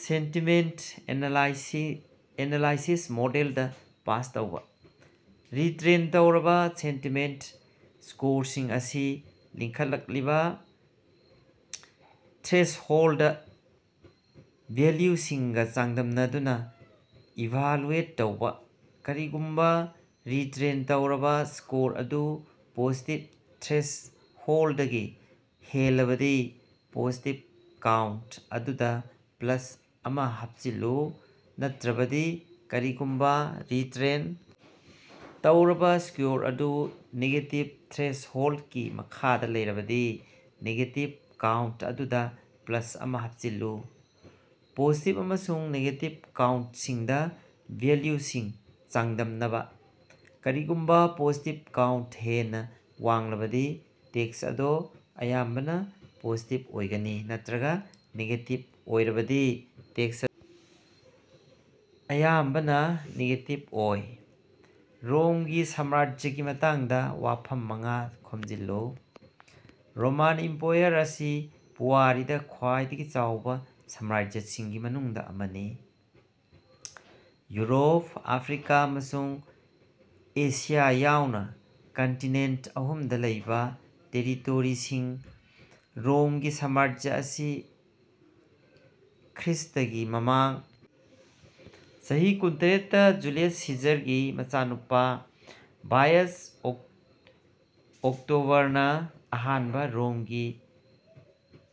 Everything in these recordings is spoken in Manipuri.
ꯁꯦꯟꯇꯤꯃꯦꯟꯇ ꯑꯦꯅꯂꯥꯏꯁꯤ ꯑꯦꯅꯥꯂꯥꯏꯁꯤꯁ ꯃꯣꯗꯦꯜꯗ ꯄꯥꯁ ꯇꯧꯕ꯫ ꯔꯤꯇ꯭ꯔꯦꯟ ꯇꯧꯔꯕ ꯁꯦꯟꯇꯤꯃꯦꯟꯇ ꯁ꯭ꯀꯣꯔꯁꯤꯡ ꯑꯁꯤ ꯂꯤꯡꯈꯠꯂꯛꯂꯤꯕ ꯊ꯭ꯔꯦꯁꯍꯣꯜꯗ ꯚꯦꯂ꯭ꯌꯨꯁꯤꯡꯒ ꯆꯥꯡꯗꯝꯅꯗꯨꯅ ꯏꯚꯥꯂꯨꯑꯦꯠ ꯇꯧꯕ꯫ ꯀꯔꯤꯒꯨꯝꯕ ꯔꯤꯇ꯭ꯔꯦꯟ ꯇꯧꯔꯕ ꯁ꯭ꯀꯣꯔ ꯑꯗꯨ ꯄꯣꯖꯤꯇꯤꯚ ꯊ꯭ꯔꯦꯁꯍꯣꯜꯗꯒꯤ ꯍꯦꯜꯂꯕꯗꯤ, ꯄꯣꯖꯤꯇꯤꯚ ꯀꯥꯎꯟꯇ ꯑꯗꯨꯗ ꯄ꯭ꯂꯁ ꯑꯃ ꯍꯥꯞꯆꯤꯜꯂꯨ꯫ ꯅꯠꯇ꯭ꯔꯕꯗꯤ, ꯀꯔꯤꯒꯨꯝꯕ ꯔꯤꯇ꯭ꯔꯦꯟ ꯇꯧꯔꯕ ꯁ꯭ꯀꯣꯔ ꯑꯗꯨ ꯅꯦꯒꯦꯇꯤꯚ ꯊ꯭ꯔꯦꯁꯍꯣꯜꯗꯀꯤ ꯃꯈꯥꯗ ꯂꯩꯔꯕꯗꯤ, ꯅꯦꯒꯦꯇꯤꯚ ꯀꯥꯎꯟꯇ ꯑꯗꯨꯗ ꯄ꯭ꯂꯁ ꯑꯃ ꯍꯥꯞꯆꯤꯜꯂꯨ꯫ ꯄꯣꯖꯤꯇꯤꯚ ꯑꯃꯁꯨꯡ ꯅꯦꯒꯦꯇꯤꯚ ꯀꯥꯎꯟꯇꯁꯤꯡꯗ ꯚꯦꯂ꯭ꯌꯨꯁꯤꯡ ꯆꯥꯡꯗꯝꯅꯕ꯫ ꯀꯔꯤꯒꯨꯝꯕ ꯄꯣꯖꯤꯇꯤꯚ ꯀꯥꯎꯟꯇ ꯍꯦꯟꯅ ꯋꯥꯡꯂꯕꯗꯤ ꯇꯦꯛꯁ ꯑꯗꯨ ꯑꯌꯥꯝꯕꯅ ꯄꯣꯖꯤꯇꯤꯚ ꯑꯣꯏꯒꯅꯤ ꯅꯠꯇ꯭ꯔꯒ ꯅꯦꯒꯦꯇꯤꯚ ꯑꯣꯏꯔꯕꯗꯤ ꯇꯦꯛꯁ ꯑꯌꯥꯝꯕꯅ ꯅꯦꯒꯦꯇꯤꯚ ꯑꯣꯏ꯫ ꯔꯣꯝꯒꯤ ꯁꯥꯝꯔꯥꯖ꯭ꯌꯒꯤ ꯃꯇꯥꯡꯗ ꯋꯥꯐꯝ ꯃꯉꯥ ꯈꯣꯝꯖꯤꯜꯂꯨ꯫ ꯔꯣꯃꯥꯟ ꯏꯝꯄꯣꯌꯔ ꯑꯁꯤ ꯄꯨꯋꯥꯔꯤꯗ ꯈ꯭ꯋꯥꯏꯗꯒꯤ ꯆꯥꯎꯕ ꯁꯥꯝꯔꯥꯖ꯭ꯌꯁꯤꯡꯒꯤ ꯃꯅꯨꯡꯗ ꯑꯃꯅꯤ, ꯌꯨꯔꯣꯞ, ꯑꯐ꯭ꯔꯤꯀꯥ ꯑꯃꯁꯨꯡ ꯑꯦꯁꯤꯌꯥ ꯌꯥꯎꯅ ꯀꯟꯇꯤꯅꯦꯟꯇ ꯑꯍꯨꯝꯗ ꯂꯩꯕ ꯇꯦꯔꯤꯇꯣꯔꯤꯁꯤꯡ ꯔꯣꯝꯒꯤ ꯁꯥꯝꯔꯥꯖ꯭ꯌ ꯑꯁꯤ ꯈ꯭ꯔꯤꯁꯇꯒꯤ ꯃꯃꯥꯡ ꯆꯍꯤ ꯀꯨꯟꯇꯔꯦꯠ ꯇ ꯖꯨꯂꯤꯌꯁ ꯁꯤꯖꯥꯔꯒꯤ ꯃꯆꯥꯅꯨꯄꯥ ꯚꯥꯏꯌꯁ ꯑꯣꯛ ꯑꯣꯛꯇꯣꯕꯔꯅ ꯑꯍꯥꯟꯕ ꯔꯣꯝꯒꯤ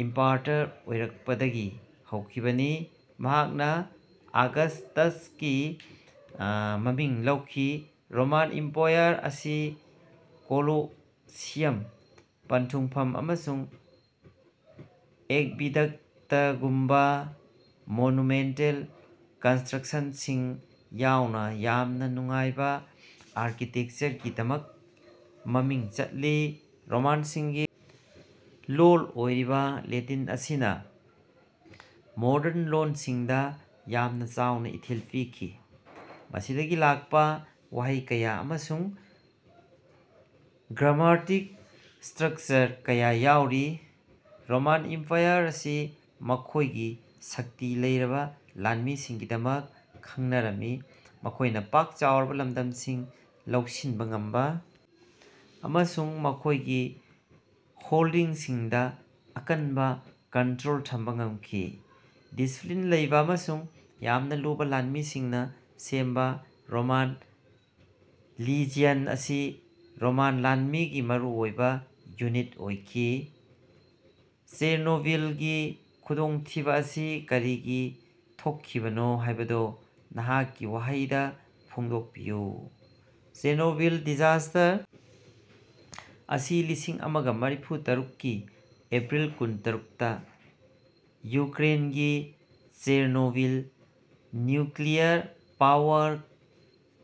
ꯏꯝꯄꯥꯔꯇꯔ ꯑꯣꯏꯔꯛꯄꯗꯒꯤ ꯍꯧꯈꯤꯕꯅꯤ, ꯃꯍꯥꯛꯅꯥ ꯑꯒꯁ꯭ꯇꯁꯀꯤ ꯑꯥ ꯃꯃꯤꯡ ꯂꯧꯈꯤ꯫ ꯔꯣꯃꯥꯟ ꯏꯝꯄꯥꯌꯔ ꯑꯁꯤ ꯀꯣꯂꯣꯁꯤꯌꯝ, ꯄꯟꯊꯨꯡꯐꯝ, ꯑꯃꯁꯨꯡ ꯑꯦꯛꯕꯤꯗꯛꯇꯒꯨꯝꯕ ꯃꯣꯅꯨꯃꯦꯟꯇꯜ ꯀꯟꯁꯇ꯭ꯔꯛꯁꯟꯁꯤꯡ ꯌꯥꯎꯅ ꯌꯥꯝꯅ ꯅꯨꯡꯉꯥꯏꯕ ꯑꯥꯔꯀꯤꯇꯦꯛꯆꯔꯒꯤꯗꯃꯛ ꯃꯃꯤꯡ ꯆꯠꯂꯤ꯫ ꯔꯣꯃꯥꯟꯁꯤꯡꯒꯤ ꯂꯣꯜ ꯑꯣꯏꯔꯤꯕ ꯂꯦꯇꯤꯟ ꯑꯁꯤꯅ ꯃꯣꯔꯗꯟ ꯂꯣꯟꯁꯤꯡꯗ ꯌꯥꯝꯅ ꯆꯥꯎꯅ ꯏꯊꯤꯜ ꯄꯤꯈꯤ, ꯃꯁꯤꯗꯒꯤ ꯂꯥꯛꯄ ꯋꯥꯍꯩ ꯀꯌꯥ ꯑꯃꯁꯨꯡ ꯒ꯭ꯔꯥꯃꯥꯔꯇꯤꯛ ꯁ꯭ꯇꯔꯛꯆꯔ ꯀꯌꯥ ꯌꯥꯎꯔꯤ꯫ ꯔꯣꯃꯥꯟ ꯏꯝꯄꯥꯌꯔ ꯑꯁꯤ ꯃꯈꯣꯏꯒꯤ ꯁꯛꯇꯤ ꯂꯩꯔꯕ ꯂꯥꯟꯃꯤꯁꯤꯡꯒꯤꯗꯃꯛ ꯈꯪꯅꯔꯝꯃꯤ, ꯃꯈꯣꯏꯅ ꯄꯥꯛ ꯆꯥꯎꯔꯕ ꯂꯝꯗꯝꯁꯤꯡ ꯂꯧꯁꯤꯟꯕ ꯉꯝꯕ ꯑꯃꯁꯨꯡ ꯃꯈꯣꯏꯒꯤ ꯍꯣꯜꯗꯤꯡꯁꯤꯡꯗ ꯑꯀꯟꯕ ꯀꯟꯇ꯭ꯔꯣꯜ ꯊꯝꯕ ꯉꯝꯈꯤ꯫ ꯗꯤꯁꯤꯄ꯭ꯂꯤꯟ ꯂꯩꯕ ꯑꯃꯁꯨꯡ ꯌꯥꯝꯅ ꯂꯨꯕ ꯂꯥꯟꯃꯤꯁꯤꯡꯅ ꯁꯦꯝꯕ ꯔꯣꯃꯥꯟ ꯂꯤꯖ꯭ꯌꯟ ꯑꯁꯤ ꯔꯣꯃꯥꯟ ꯂꯥꯟꯃꯤꯒꯤ ꯃꯔꯨꯑꯣꯏꯕ ꯌꯨꯅꯤꯠ ꯑꯣꯏꯈꯤ꯫ ꯆꯦꯔꯅꯣꯕꯤꯜꯒꯤ ꯈꯨꯗꯣꯡꯊꯤꯕ ꯑꯁꯤ ꯀꯔꯤꯒꯤ ꯊꯣꯛꯈꯤꯕꯅꯣ ꯍꯥꯏꯕꯗꯨ ꯅꯍꯥꯛꯀꯤ ꯋꯥꯍꯩꯗ ꯐꯣꯡꯗꯣꯛꯄꯤꯌꯨ꯫ ꯆꯦꯔꯅꯣꯕꯤꯜ ꯗꯤꯖꯥꯁꯇꯔ ꯑꯁꯤ ꯂꯤꯁꯤꯡ ꯑꯃꯒ ꯃꯔꯤꯐꯨ ꯇꯔꯨꯛ ꯀꯤ ꯑꯦꯄ꯭ꯔꯤꯜ ꯀꯨꯟꯇꯔꯨꯛ ꯇ ꯌꯨꯀ꯭ꯔꯦꯟꯒꯤ ꯆꯦꯔꯅꯣꯕꯤꯜ ꯅ꯭ꯌꯨꯀ꯭ꯂꯤꯌꯔ ꯄꯥꯋꯔ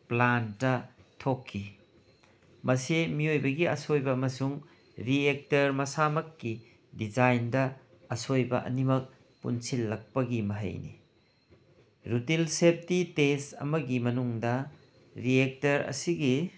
ꯄ꯭ꯂꯥꯟꯇꯇ ꯊꯣꯛꯈꯤ꯫ ꯃꯁꯤ ꯃꯤꯑꯣꯏꯕꯒꯤ ꯑꯁꯣꯏꯕ ꯑꯃꯁꯨꯡ ꯔꯤꯑꯦꯛꯇꯔ ꯃꯁꯥꯃꯛꯀꯤ ꯗꯤꯖꯥꯏꯟꯗ ꯑꯁꯣꯏꯕ ꯑꯅꯤꯃꯛ ꯄꯨꯟꯁꯤꯜꯂꯛꯄꯒꯤ ꯃꯍꯩꯅꯤ꯫ ꯔꯨꯇꯤꯟ ꯁꯦꯐꯇꯤ ꯇꯦꯁꯠ ꯑꯃꯒꯤ ꯃꯅꯨꯡꯗ ꯔꯤꯑꯦꯛꯇꯔ ꯑꯁꯤꯒꯤ